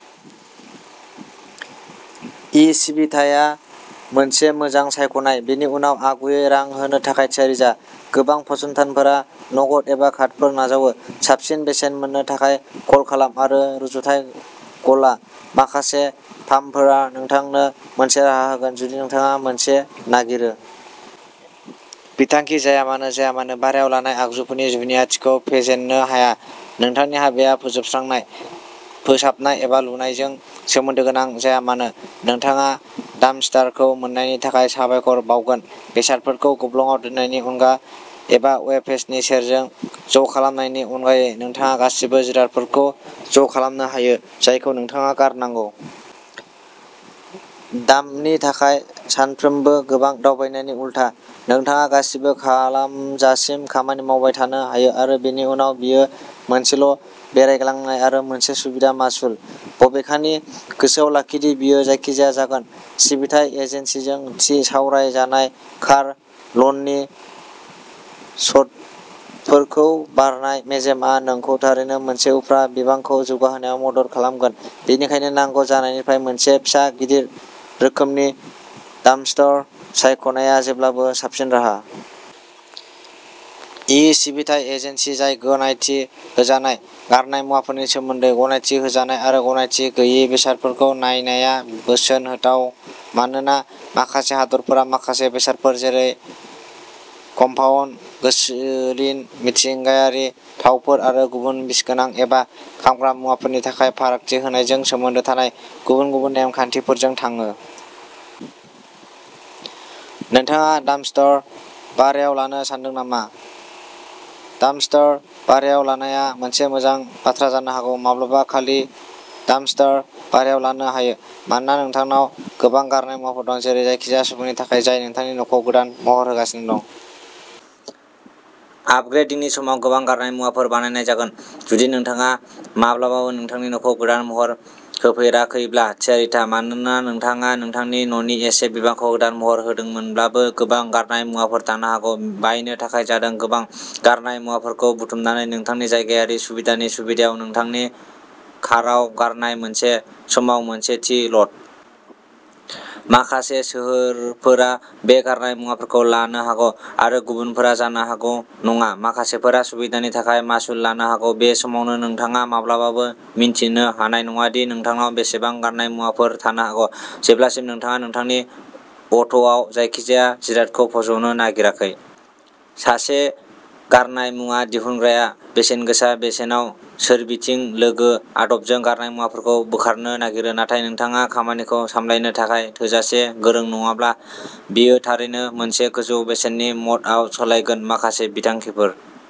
E सिबिथाया मोनसे मोजां सायख'नाय बेनि उनाव, आगुयै रां होनो थाखाय थियारि जा। गोबां फसंथानफोरा नगद एबा कार्डफोर नाजावो। साबसिन बेसेन मोननो थाखाय, कल खालाम आरो रुजुथाय गला। माखासे फार्मफोरा नोंथांनो मोनसे राहा होगोन जुदि नोंथाङा मोनसे नागिरो। बिथांखि जायामानो जाया मानो, भारायाव लानाय आगजुफोरनि जुनियाथिखौ फेजेननो हाया। नोंथांनि हाबाया फोजोबस्रांनाय, फोसाबनाय एबा लुनायजों सोमोन्दो गोनां जाया मानो, नोंथाङा डाम्पस्टारखौ मोन्नायनि थाखाय साबायखर बावगोन। बेसादफोरखौ गब्लंआव दोननायनि अनगा एबा वेब पेजनि सेरजों ज'खालामनायनि अनगायै नोंथाङा गासिबो जिरादफोरखौ ज' खालामनो हायो जायखौ नोंथाङा गारनांगौ। डाम्पनि थाखाय सानफ्रोमबो गोबां दावबायनायनि उलथा, नोंथाङा गासिबो खालामजासिम खामानि मावबाय थानो हायो आरो बेनि उनाव बेयो मोनसेल'बेरायग्लांनाय आरो मोनसे सुबिदा मासुल। बबेखानि गोसोआव लाखि दि बेयो जायखिजाया जागोन। सिबिथाय एजेन्सिजों थि सावरायजानाय कार लननि सर्तफोरखौ बारनाय मेजेमआ नोंखौ थारैनो मोनसे उफ्रा बिबांखौ जौगाहोनायाव मदद खालामगोन, बेनिखायनो नांगौ जानायनिफ्राय मोनसे फिसा गिदिर रोखोमनि डाम्पस्टार सायख'नाया जेब्लाबो साबसिन राहा। इ सिबिथाइ एजेन्सि जाय गनायथि होजानाय गारनाय मुवाफोरनि सोमोन्दै। गनायथि होजानाय आरो गनायथि गैयै बेसादफोरखौ नायनाया बोसोन होथाव मानोना माखासे हादोरफोरा माखासे बेसादफोर जेरै कम्पाउन्ड, गोसोलिन, मिथिंगायारि थावफोर आरो गुबुन बिसगोनां एबा खामग्रा मुवाफोरनि थाखाय फारागथि होनायजों सोमोन्दो थानाय गुबुन-गुबुन नेम-खान्थिफोरजों थाङो। नोंथाङा डाम्पस्टार भारायाव लानो सान्दों नामा? डाम्पस्टार भारायाव लानाया मोनसे मोजां बाथ्रा जानो हागौ। माब्लाबा खालि डाम्पस्टार भारायाव लानो हायो मानोना नोंथांनाव गोबां गारनाय मुवाफोर दं। जेरै जायखिजाया सुबुंनि थाखाय जाय नोंथांनि न'खौ गोदान महर होगासिनो दं। आपग्रेदिंनि समाव। गोबां गारनाय मुवाफोर बानायनाय जागोन। जुदि नोंथाङा माब्लाबाबो नोंथांनि न'खौ गोदान महर होफेराखैब्ला थियारि था, मानोना नोंथाङा नोंथांनि न'नि एसे बिबांखौ गोदान महर होदोंमोनब्लाबो गोबां गारनाय मुवाफोर थानो हागौ। बायनो थाखाय जादों गोबां गारनाय मुवाफोरखौ बुथुमनानै नोंथांनि जायगायारि सुबिदानि सुबिदायाव नोंथांनि काराव गारनाय, मोनसे समाव मोनसे थि ल'ड। माखासे सोहोरफोरा बे गारनाय मुवाफोरखौ लानो हागौ आरो गुबुनफोरा जानो हागौ नङा। माखासेफोरा सुबिदानि थाखाय मासुल लानो हागौ। बे समावनो, नोंथाङा माब्लाबाबो मिन्थिनो हानाय नङा दि नोंथांनाव बेसेबां गारनाय मुवाफोर थानो हागौ, जेब्लासिम नोंथाङा नोंथांनि अट'आव जायखिजाया जिरादखौ फज'नो नागिराखै। सासे गारनाय मुवा दिहुनग्राया बेसेनगोसा बेसेनाव सोरबिथिं लोगो आदबजों गारनाय मुवाफोरखौ बोखारनो नागिरो, नाथाय नोंथाङा खामानिखौ सामलायनो थाखाय थोजासे गोरों नङाब्ला बेयो थारैनो मोनसे गोजौ बेसेननि मदआव सोलायगोन माखासे बिथांखिफोर।